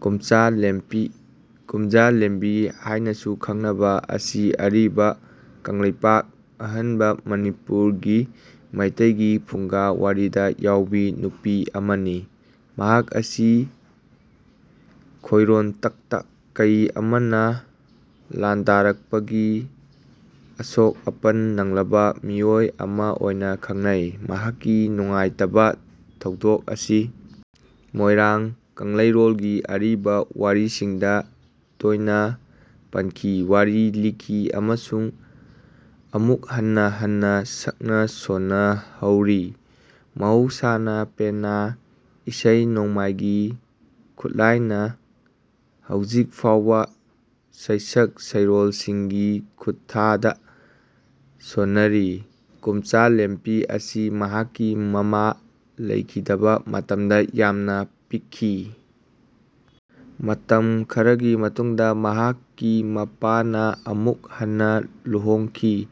ꯀꯨꯝꯆꯥ ꯂꯦꯝꯄꯤ, ꯀꯨꯝꯖꯥ ꯂꯦꯝꯕꯤ ꯍꯥꯏꯅꯁꯨ ꯈꯪꯅꯕꯤ ꯑꯁꯤ ꯑꯔꯤꯕ ꯀꯪꯂꯩꯄꯥꯛ (ꯑꯍꯟꯕ ꯃꯅꯤꯄꯨꯔ)ꯒꯤ ꯃꯩꯇꯩꯒꯤ ꯐꯨꯡꯒꯥ ꯋꯥꯔꯤꯗ ꯌꯥꯎꯕꯤ ꯅꯨꯄꯤ ꯑꯃꯅꯤ꯫ ꯃꯍꯥꯛ ꯑꯁꯤ ꯈꯣꯏꯔꯣꯟꯇꯛꯇ ꯀꯩ ꯑꯃꯅ ꯂꯥꯟꯗꯥꯔꯛꯄꯒꯤ ꯑꯁꯣꯛ-ꯑꯄꯟ ꯅꯪꯂꯕ ꯃꯤꯑꯣꯏ ꯑꯃ ꯑꯣꯏꯅ ꯈꯪꯅꯩ꯫ ꯃꯍꯥꯛꯀꯤ ꯅꯨꯡꯉꯥꯏꯇꯕ ꯊꯧꯗꯣꯛ ꯑꯁꯤ ꯃꯣꯏꯔꯥꯡ ꯀꯪꯂꯩꯔꯣꯜꯒꯤ ꯑꯔꯤꯕ ꯋꯥꯔꯤꯁꯤꯡꯗ ꯇꯣꯏꯅ ꯄꯟꯈꯤ, ꯋꯥꯔꯤ ꯂꯤꯈꯤ ꯑꯃꯁꯨꯡ ꯑꯃꯨꯛ ꯍꯟꯅ ꯍꯟꯅ ꯁꯛꯅ ꯁꯣꯟꯅꯍꯧꯔꯤ, ꯃꯍꯧꯁꯥꯅ ꯄꯦꯅꯥ (ꯏꯁꯩ-ꯅꯣꯡꯃꯥꯏꯒꯤ ꯈꯨꯠꯂꯥꯏ)ꯅ ꯍꯧꯖꯤꯛ ꯐꯥꯎꯕ ꯁꯩꯁꯛ ꯁꯩꯔꯣꯜꯁꯤꯡꯒꯤ ꯈꯨꯠꯊꯥꯡꯗ ꯁꯣꯟꯅꯔꯤ꯫ ꯀꯨꯝꯆꯥ ꯂꯦꯝꯄꯤ ꯑꯁꯤ ꯃꯍꯥꯛꯀꯤ ꯃꯃꯥ ꯂꯩꯈꯤꯗꯕ ꯃꯇꯝꯗ ꯌꯥꯝꯅ ꯄꯤꯛꯈꯤ꯫ ꯃꯇꯝ ꯈꯔꯒꯤ ꯃꯇꯨꯡꯗ ꯃꯍꯥꯛꯀꯤ ꯃꯄꯥꯅ ꯑꯃꯨꯛ ꯍꯟꯅ ꯂꯨꯍꯣꯡꯈꯤ꯫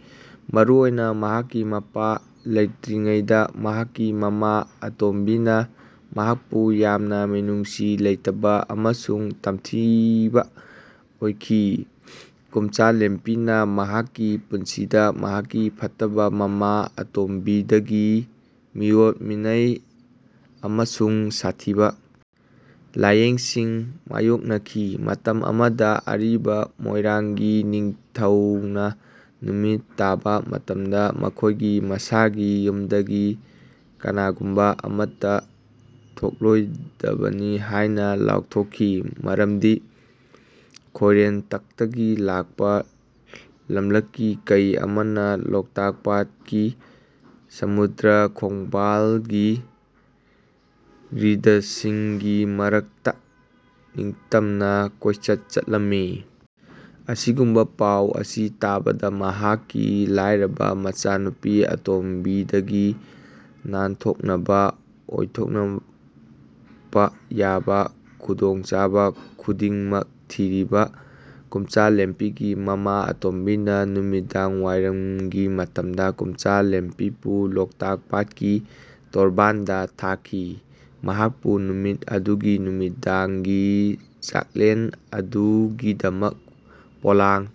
ꯃꯔꯨꯑꯣꯏꯅ ꯃꯍꯥꯛꯀꯤ ꯃꯄꯥ ꯂꯩꯇ꯭ꯔꯤꯉꯩꯗ, ꯃꯍꯥꯛꯀꯤ ꯃꯃꯥ ꯑꯇꯣꯝꯕꯤꯅ ꯃꯍꯥꯛꯄꯨ ꯌꯥꯝꯅ ꯃꯤꯅꯨꯡꯁꯤ ꯂꯩꯇꯕ ꯑꯃꯁꯨꯡ ꯇꯝꯊꯤꯕ ꯑꯣꯏꯈꯤ꯫ ꯀꯨꯝꯆꯥ ꯂꯦꯝꯄꯤꯅ ꯃꯍꯥꯛꯀꯤ ꯄꯨꯟꯁꯤꯗ ꯃꯍꯥꯛꯀꯤ ꯐꯠꯇꯕ ꯃꯃꯥ ꯑꯇꯣꯝꯕꯤꯗꯒꯤ ꯃꯤꯑꯣꯠ-ꯃꯤꯅꯩ ꯑꯃꯁꯨꯡ ꯁꯥꯊꯤꯕ ꯂꯥꯏꯌꯦꯡꯁꯤꯡ ꯃꯥꯌꯣꯛꯅꯈꯤ꯫ ꯃꯇꯝ ꯑꯃꯗ ꯑꯔꯤꯕ ꯃꯣꯏꯔꯥꯡꯒꯤ ꯅꯤꯡꯊꯧꯅ ꯅꯨꯃꯤꯠ ꯇꯥꯕ ꯃꯇꯝꯗ ꯃꯈꯣꯏꯒꯤ ꯃꯁꯥꯒꯤ ꯌꯨꯝꯗꯒꯤ ꯀꯅꯥꯒꯨꯝꯕ ꯑꯃꯠꯇ ꯊꯣꯛꯂꯣꯏꯗꯕꯅꯤ ꯍꯥꯏꯅ ꯂꯥꯎꯊꯣꯛꯈꯤ, ꯃꯔꯝꯗꯤ ꯈꯣꯏꯔꯦꯟꯇꯛꯇꯒꯤ ꯂꯥꯛꯄ ꯂꯝꯂꯛꯀꯤ ꯀꯩ ꯑꯃꯅ ꯂꯣꯛꯇꯥꯛ ꯄꯥꯠꯀꯤ ꯁꯃꯨꯗ꯭ꯔ ꯈꯣꯡꯕꯥꯜꯒꯤ ꯔꯤꯗꯁꯤꯡꯒꯤ ꯃꯔꯛꯇ ꯅꯤꯡꯇꯝꯅ ꯀꯣꯏꯆꯠ ꯆꯠꯂꯝꯃꯤ꯫ ꯑꯁꯤꯒꯨꯝꯕ ꯄꯥꯎ ꯑꯁꯤ ꯇꯥꯕꯗ, ꯃꯍꯥꯛꯀꯤ ꯂꯥꯏꯔꯕ ꯃꯆꯥꯅꯨꯄꯤ ꯑꯇꯣꯝꯕꯤꯗꯒꯤ ꯅꯥꯟꯊꯣꯛꯅꯕ ꯑꯣꯏꯊꯣꯛꯄ ꯌꯥꯕ ꯈꯨꯗꯣꯡꯆꯥꯕ ꯈꯨꯗꯤꯡꯃꯛ ꯊꯤꯔꯤꯕ ꯀꯨꯝꯆꯥ ꯂꯦꯝꯄꯤꯒꯤ ꯃꯃꯥ ꯑꯇꯣꯝꯕꯤꯅ ꯅꯨꯃꯤꯗꯥꯡꯋꯥꯏꯔꯝꯒꯤ ꯃꯇꯝꯗ ꯀꯨꯝꯆꯥ ꯂꯦꯝꯄꯤꯕꯨ ꯂꯣꯛꯇꯥꯛ ꯄꯥꯠꯀꯤ ꯇꯣꯔꯕꯥꯟꯗ ꯊꯥꯈꯤ, ꯃꯍꯥꯛꯄꯨ ꯅꯨꯃꯤꯠ ꯑꯗꯨꯒꯤ ꯅꯨꯃꯤꯗꯥꯡꯒꯤ ꯆꯥꯛꯂꯦꯟ ꯑꯗꯨꯒꯤꯗꯃꯛ ꯄꯣꯂꯥꯡ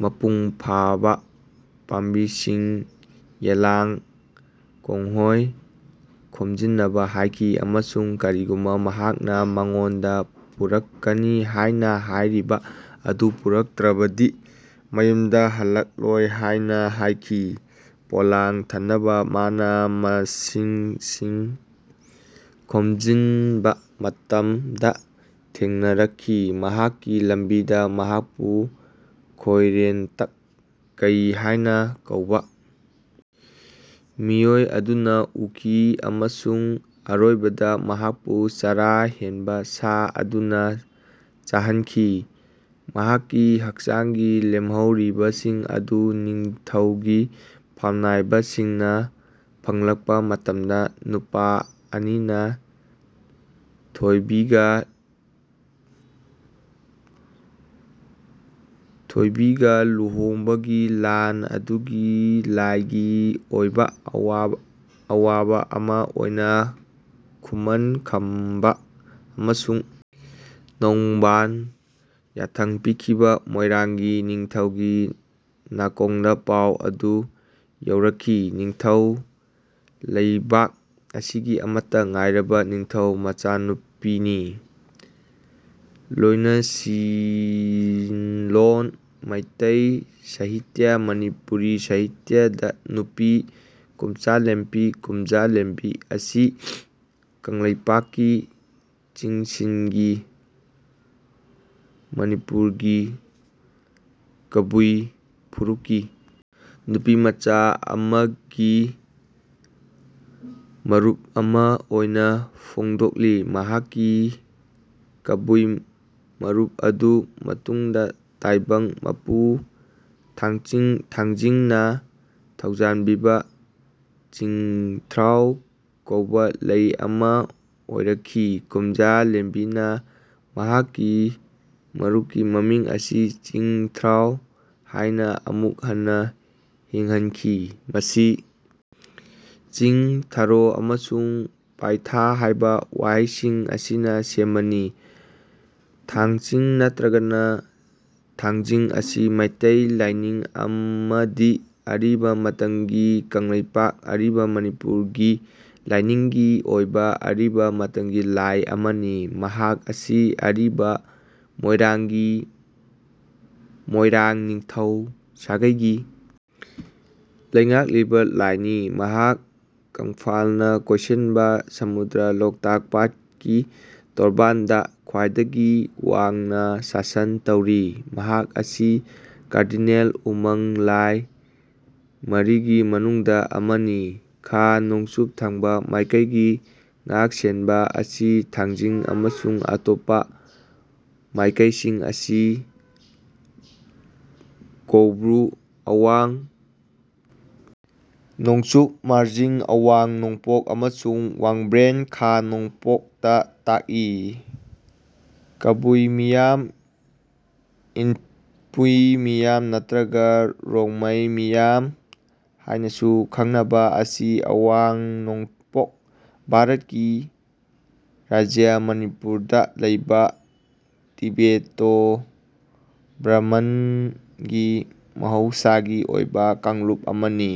ꯃꯄꯨꯡ ꯐꯥꯕ ꯄꯥꯝꯕꯤꯁꯤꯡ ("ꯌꯦꯜꯂꯥꯡ ꯀꯣꯡꯉꯣꯏ") ꯈꯣꯝꯖꯤꯟꯅꯕ ꯍꯥꯏꯈꯤ, ꯑꯃꯁꯨꯡ ꯀꯔꯤꯒꯨꯝꯕ ꯃꯍꯥꯛꯅ ꯃꯉꯣꯟꯗ ꯄꯨꯔꯛꯀꯅꯤ ꯍꯥꯏꯅ ꯍꯥꯏꯔꯤꯕ ꯑꯗꯨ ꯄꯨꯔꯛꯇ꯭ꯔꯕꯗꯤ ꯃꯌꯨꯝꯗ ꯍꯜꯂꯛꯂꯣꯏ ꯍꯥꯏꯅ ꯍꯥꯏꯈꯤ꯫ ꯄꯣꯂꯥꯡ ꯊꯟꯅꯕ ꯃꯅꯥ-ꯃꯁꯤꯡꯁꯤꯡ ꯈꯣꯝꯖꯤꯟꯕ ꯃꯇꯝꯗ ꯊꯦꯡꯅꯔꯛꯈꯤ꯫ ꯃꯍꯥꯛꯀꯤ ꯂꯝꯕꯤꯗ ꯃꯍꯥꯛꯄꯨ ꯈꯣꯏꯔꯦꯟꯇꯛ ꯀꯩ ꯍꯥꯏꯅ ꯀꯧꯕ ꯃꯤꯑꯣꯏ ꯑꯗꯨꯅ ꯎꯈꯤ ꯑꯃꯁꯨꯡ ꯑꯔꯣꯏꯕꯗ ꯃꯍꯥꯛꯄꯨ ꯆꯔꯥ ꯍꯦꯟꯕ ꯁꯥ ꯑꯗꯨꯅ ꯆꯥꯍꯟꯈꯤ꯫ ꯃꯍꯥꯛꯀꯤ ꯍꯛꯆꯥꯡꯒꯤ ꯂꯦꯝꯍꯧꯕꯁꯤꯡ ꯑꯗꯨ ꯅꯤꯡꯊꯧꯒꯤ ꯐꯝꯅꯥꯏꯕꯁꯤꯡꯅ ꯐꯪꯂꯛꯄ ꯃꯇꯝꯗ ꯅꯨꯄꯥ ꯑꯅꯤꯅ ꯊꯣꯏꯕꯤꯒ ꯊꯣꯏꯕꯤꯒ ꯂꯨꯍꯣꯡꯕꯒꯤ ꯂꯥꯟ ꯑꯗꯨꯒꯤ ꯂꯥꯏꯒꯤ ꯑꯣꯏꯕ ꯑꯋꯥꯕ ꯑꯃ ꯑꯣꯏꯅ ꯈꯨꯃꯟ ꯈꯝꯕ ꯑꯃꯁꯨꯡ ꯅꯣꯡꯕꯟ ꯌꯥꯊꯪ ꯄꯤꯈꯤꯕ ꯃꯣꯏꯔꯥꯡꯒꯤ ꯅꯤꯡꯊꯧꯒꯤ ꯅꯥꯀꯣꯡꯗ ꯄꯥꯎ ꯑꯗꯨ ꯌꯧꯔꯛꯈꯤ꯫ ꯅꯤꯡꯊꯧ ꯂꯩꯕꯥꯛ ꯑꯁꯤꯒꯤ ꯑꯃꯠꯇ ꯉꯥꯏꯔꯕ ꯅꯤꯡꯊꯧ ꯃꯆꯥꯅꯨꯄꯤꯅꯤ꯫ ꯂꯣꯏꯅꯁꯤꯟꯂꯣꯟ ꯃꯩꯇꯩ ꯁꯥꯍꯤꯇ꯭ꯌ (ꯃꯅꯤꯄꯨꯔꯤ ꯁꯥꯍꯤꯇ꯭ꯌ)ꯗ ꯅꯨꯄꯤ ꯀꯨꯝꯆꯥ ꯂꯦꯝꯄꯤ (ꯀꯨꯝꯖꯥ ꯂꯦꯝꯕꯤ) ꯑꯁꯤ ꯀꯪꯂꯩꯄꯥꯛꯀꯤ ꯆꯤꯡꯁꯤꯡꯒꯤ ('ꯃꯅꯤꯄꯨꯔ') ꯒꯤ ꯀꯕꯨꯏ ꯐꯨꯔꯨꯞꯀꯤ ꯅꯨꯄꯤꯃꯆꯥ ꯑꯃꯒꯤ ꯃꯔꯨꯞ ꯑꯃ ꯑꯣꯏꯅ ꯐꯣꯡꯗꯣꯛꯂꯤ꯫ ꯃꯍꯥꯛꯀꯤ ꯀꯥꯕꯨꯏ ꯃꯔꯨꯞ ꯑꯗꯨ ꯃꯇꯨꯡꯗ ꯇꯥꯏꯕꯪ ꯃꯄꯨ ꯊꯥꯡꯆꯤꯡ (ꯊꯥꯡꯖꯤꯡ)ꯅ ꯊꯧꯖꯥꯜꯕꯤꯕ "ꯆꯤꯡꯊ꯭ꯔꯥꯎ" ꯀꯧꯕ ꯂꯩ ꯑꯃ ꯑꯣꯏꯔꯛꯈꯤ꯫ ꯀꯨꯝꯖꯥ ꯂꯦꯝꯕꯤꯅ ꯃꯍꯥꯛꯀꯤ ꯃꯔꯨꯞꯀꯤ ꯃꯃꯤꯡ ꯑꯁꯤ "ꯆꯤꯡ-ꯊ꯭ꯔꯥꯎ" ꯍꯥꯏꯅ ꯑꯃꯨꯛ ꯍꯟꯅ ꯍꯤꯡꯍꯟꯈꯤ, ꯃꯁꯤ ꯆꯤꯡ', 'ꯊꯥꯔꯣ' ꯑꯃꯁꯨꯡ 'ꯄꯥꯏꯊꯥ' ꯍꯥꯏꯕ ꯋꯥꯍꯩꯁꯤꯡ ꯑꯁꯤꯅ ꯁꯦꯝꯕꯅꯤ꯫ ꯊꯥꯡꯆꯤꯡ ꯅꯠꯇ꯭ꯔꯒ ꯊꯥꯡꯖꯤꯡ ꯑꯁꯤ ꯃꯩꯇꯩ ꯂꯥꯏꯅꯤꯡ ꯑꯃꯗꯤ ꯑꯔꯤꯕ ꯃꯇꯝꯒꯤ ꯀꯪꯂꯩꯄꯥꯛ (ꯑꯔꯤꯕ ꯃꯅꯤꯄꯨꯔ)ꯒꯤ ꯂꯥꯏꯅꯤꯡꯒꯤ ꯑꯣꯏꯕ ꯑꯔꯤꯕ ꯃꯇꯝꯒꯤ ꯂꯥꯏ ꯑꯃꯅꯤ꯫ ꯃꯍꯥꯛ ꯑꯁꯤ ꯑꯔꯤꯕ ꯃꯣꯏꯔꯥꯡꯒꯤ ꯃꯣꯏꯔꯥꯡ ꯅꯤꯡꯊꯧ ꯁꯥꯒꯩꯒꯤ ꯂꯩꯉꯥꯛꯂꯤꯕ ꯂꯥꯏꯅꯤ꯫ ꯃꯍꯥꯛ ꯀꯪꯐꯥꯜꯅ ꯀꯣꯏꯁꯤꯟꯕ ꯁꯃꯨꯗ꯭ꯔ, ꯂꯣꯛꯇꯥꯛ ꯄꯥꯠꯀꯤ ꯇꯣꯔꯕꯥꯟꯗ ꯈ꯭ꯋꯥꯏꯗꯒꯤ ꯋꯥꯡꯅ ꯁꯥꯁꯟ ꯇꯧꯔꯤ꯫ ꯃꯍꯥꯛ ꯑꯁꯤ ꯀꯥꯔꯗꯤꯅꯦꯜ ꯎꯃꯪ ꯂꯥꯏ ꯃꯔꯤꯒꯤ ꯃꯅꯨꯡꯗ ꯑꯃꯅꯤ꯫ ꯈꯥ-ꯅꯣꯡꯆꯨꯞ ꯊꯪꯕ ꯃꯥꯏꯀꯩꯒꯤ ꯉꯥꯛ-ꯁꯦꯟꯕ ꯑꯁꯤ ꯊꯥꯡꯖꯤꯡ ꯑꯃꯁꯨꯡ ꯑꯇꯣꯞꯄ ꯃꯥꯏꯀꯩꯁꯤꯡ ꯑꯁꯤ ꯀꯣꯎꯕ꯭ꯔꯨ (ꯑꯋꯥꯡ ꯅꯣꯡꯆꯨꯞ), ꯃꯥꯔꯖꯤꯡ (ꯑꯋꯥꯡ ꯅꯣꯡꯄꯣꯛ) ꯑꯃꯁꯨꯡ ꯋꯥꯡꯕ꯭ꯔꯦꯟ (ꯈꯥ-ꯅꯣꯡꯄꯣꯛ)ꯗ ꯇꯥꯛꯏ꯫ ꯀꯕꯨꯏ ꯃꯤꯌꯥꯝ (ꯏꯟꯄꯨꯏ ꯃꯤꯌꯥꯝ ꯅꯠꯇ꯭ꯔꯒ ꯔꯣꯡꯃꯩ ꯃꯤꯌꯥꯝ ꯍꯥꯏꯅꯁꯨ ꯈꯪꯅꯕ) ꯑꯁꯤ ꯑꯋꯥꯡ-ꯅꯣꯡꯄꯣꯛ ꯚꯥꯔꯠꯀꯤ ꯔꯥꯖ꯭ꯌ ꯃꯅꯤꯄꯨꯔꯗ ꯂꯩꯕ ꯇꯤꯕꯦꯇꯣ-ꯕꯔꯃꯟꯒꯤ ꯃꯍꯧꯁꯥꯒꯤ ꯑꯣꯏꯕ ꯀꯥꯡꯂꯨꯞ ꯑꯃꯅꯤ꯫